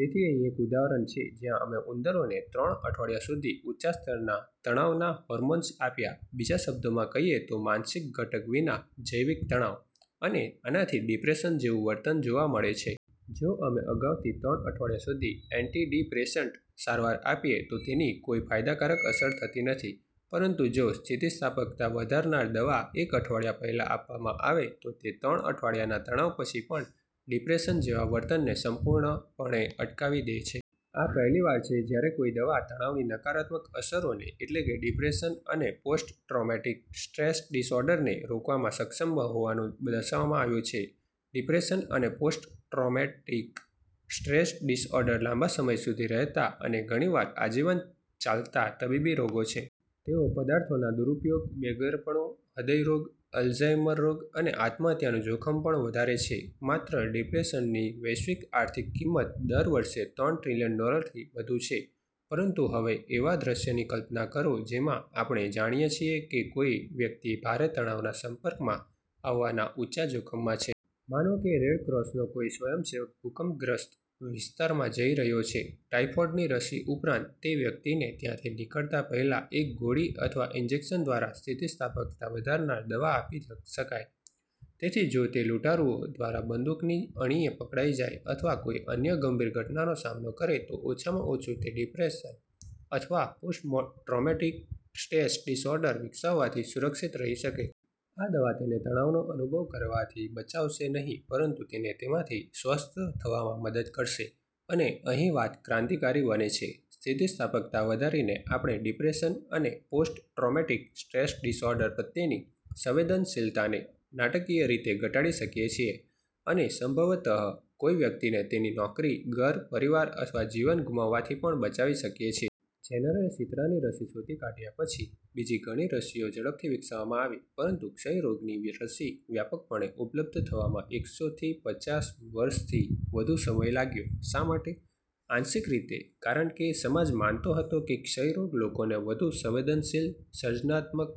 તેથી અહીં એક ઉદાહરણ છે, જ્યાં અમે ઉંદરોને ત્રણ અઠવાડિયા સુધી ઊંચા સ્તરના તણાવના હોર્મોન્સ આપ્યા. બીજા શબ્દોમાં કહીએ તો, માનસિક ઘટક વિના જૈવિક તણાવ. અને આનાથી ડિપ્રેશન જેવું વર્તન જોવા મળે છે. જો અમે અગાઉથી ત્રણ અઠવાડિયા સુધી એન્ટીડિપ્રેસન્ટ સારવાર આપીએ, તો તેની કોઈ ફાયદાકારક અસર થતી નથી. પરંતુ જો સ્થિતિસ્થાપકતા વધારનાર દવા એક અઠવાડિયા પહેલાં આપવામાં આવે, તો તે ત્રણ અઠવાડિયાના તણાવ પછી પણ ડિપ્રેશન જેવા વર્તનને સંપૂર્ણપણે અટકાવી દે છે. આ પહેલીવાર છે જ્યારે કોઈ દવા તણાવની નકારાત્મક અસરોને, એટલે કે ડિપ્રેશન અને પોસ્ટ-ટ્રોમેટિક સ્ટ્રેસ ડિસઓર્ડરને, રોકવામાં સક્ષમ હોવાનું દર્શાવવામાં આવ્યું છે. ડિપ્રેશન અને પોસ્ટ-ટ્રોમેટિક સ્ટ્રેસ ડિસઓર્ડર લાંબા સમય સુધી રહેતા અને ઘણીવાર આજીવન ચાલતા તબીબી રોગો છે. તેઓ પદાર્થોના દુરૂપયોગ, બેઘરપણું, હૃદયરોગ, અલ્ઝાઇમર રોગ અને આત્મહત્યાનું જોખમ પણ વધારે છે. માત્ર ડિપ્રેશનની વૈશ્વિક આર્થિક કિંમત દર વર્ષે ત્રણ ટ્રિલિયન ડોલરથી વધુ છે. પરંતુ હવે એવા દૃશ્યની કલ્પના કરો, જેમાં આપણે જાણીએ છીએ કે કોઈ વ્યક્તિ ભારે તણાવના સંપર્કમાં આવવાના ઊંચા જોખમમાં છે. માનો કે રેડ ક્રોસનો કોઈ સ્વયંસેવક ભૂકંપગ્રસ્ત વિસ્તારમાં જઈ રહ્યો છે. ટાઇફોઇડની રસી ઉપરાંત, તે વ્યક્તિને ત્યાંથી નીકળતા પહેલાં એક ગોળી અથવા ઇન્જેક્શન દ્વારા સ્થિતિસ્થાપકતા વધારનાર દવા આપી શકાય. તેથી જો તે લૂંટારાઓ દ્વારા બંદૂકની અણીએ પકડાઈ જાય અથવા કોઈ અન્ય ગંભીર ઘટનાનો સામનો કરે, તો ઓછામાં ઓછું તે પછી ડિપ્રેશન અથવા પોસ્ટ-ટ્રોમેટિક સ્ટ્રેસ ડિસઓર્ડર વિકસાવવાથી સુરક્ષિત રહી શકે. આ દવા તેને તણાવનો અનુભવ કરવાથી બચાવશે નહીં, પરંતુ તેને તેમાંથી સ્વસ્થ થવામાં મદદ કરશે. અને અહીં વાત ક્રાંતિકારી બને છે. સ્થિતિસ્થાપકતા વધારીને આપણે ડિપ્રેશન અને પોસ્ટ-ટ્રોમેટિક સ્ટ્રેસ ડિસઓર્ડર પ્રત્યેની સંવેદનશીલતાને નાટકીય રીતે ઘટાડી શકીએ છીએ, અને સંભવતઃ કોઈ વ્યક્તિને તેની નોકરી, ઘર, પરિવાર અથવા જીવન ગુમાવવાથી પણ બચાવી શકીએ છીએ. જેનરે શીતળાની રસી શોધી કાઢ્યા પછી બીજી ઘણી રસીઓ ઝડપથી વિકસાવવામાં આવી. પરંતુ ક્ષયરોગની રસી વ્યાપકપણે ઉપલબ્ધ થવામાં એકસોથી પચાસ વર્ષથી વધુ સમય લાગ્યો. શા માટે? આંશિક રીતે, કારણ કે સમાજ માનતો હતો કે ક્ષયરોગ લોકોને વધુ સંવેદનશીલ, સર્જનાત્મક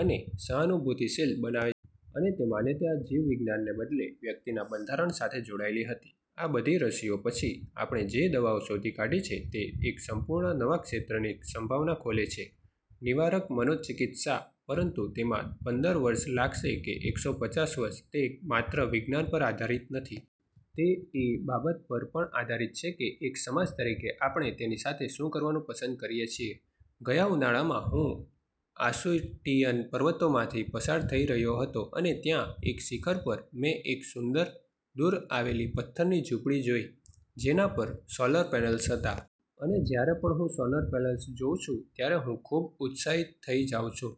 અને સહાનુભૂતિશીલ બનાવે છે. અને તે માન્યતા જીવવિજ્ઞાનને બદલે વ્યક્તિના બંધારણ સાથે જોડાયેલી હતી. આ બધી રસીઓ પછી, આપણે જે દવાઓ શોધી કાઢી છે તે એક સંપૂર્ણ નવા ક્ષેત્રની સંભાવના ખોલે છે: નિવારક મનોચિકિત્સા. પરંતુ તેમાં પંદર વર્ષ લાગશે કે એકસો પચાસ વર્ષ, તે માત્ર વિજ્ઞાન પર આધારિત નથી. તે એ બાબત પર પણ આધારિત છે કે એક સમાજ તરીકે આપણે તેની સાથે શું કરવાનું પસંદ કરીએ છીએ. ગયા ઉનાળામાં, હું આસુટીયન પર્વતોમાંથી પસાર થઈ રહ્યો હતો અને ત્યાં, એક શિખર પર, મેં એક સુંદર, દૂર આવેલી પથ્થરની ઝૂંપડી જોઈ, જેના પર સોલર પેનલ્સ હતાં. અને જ્યારે પણ હું સોલર પેનલ્સ જોઉં છું, ત્યારે હું ખૂબ ઉત્સાહિત થઈ જાઉં છું.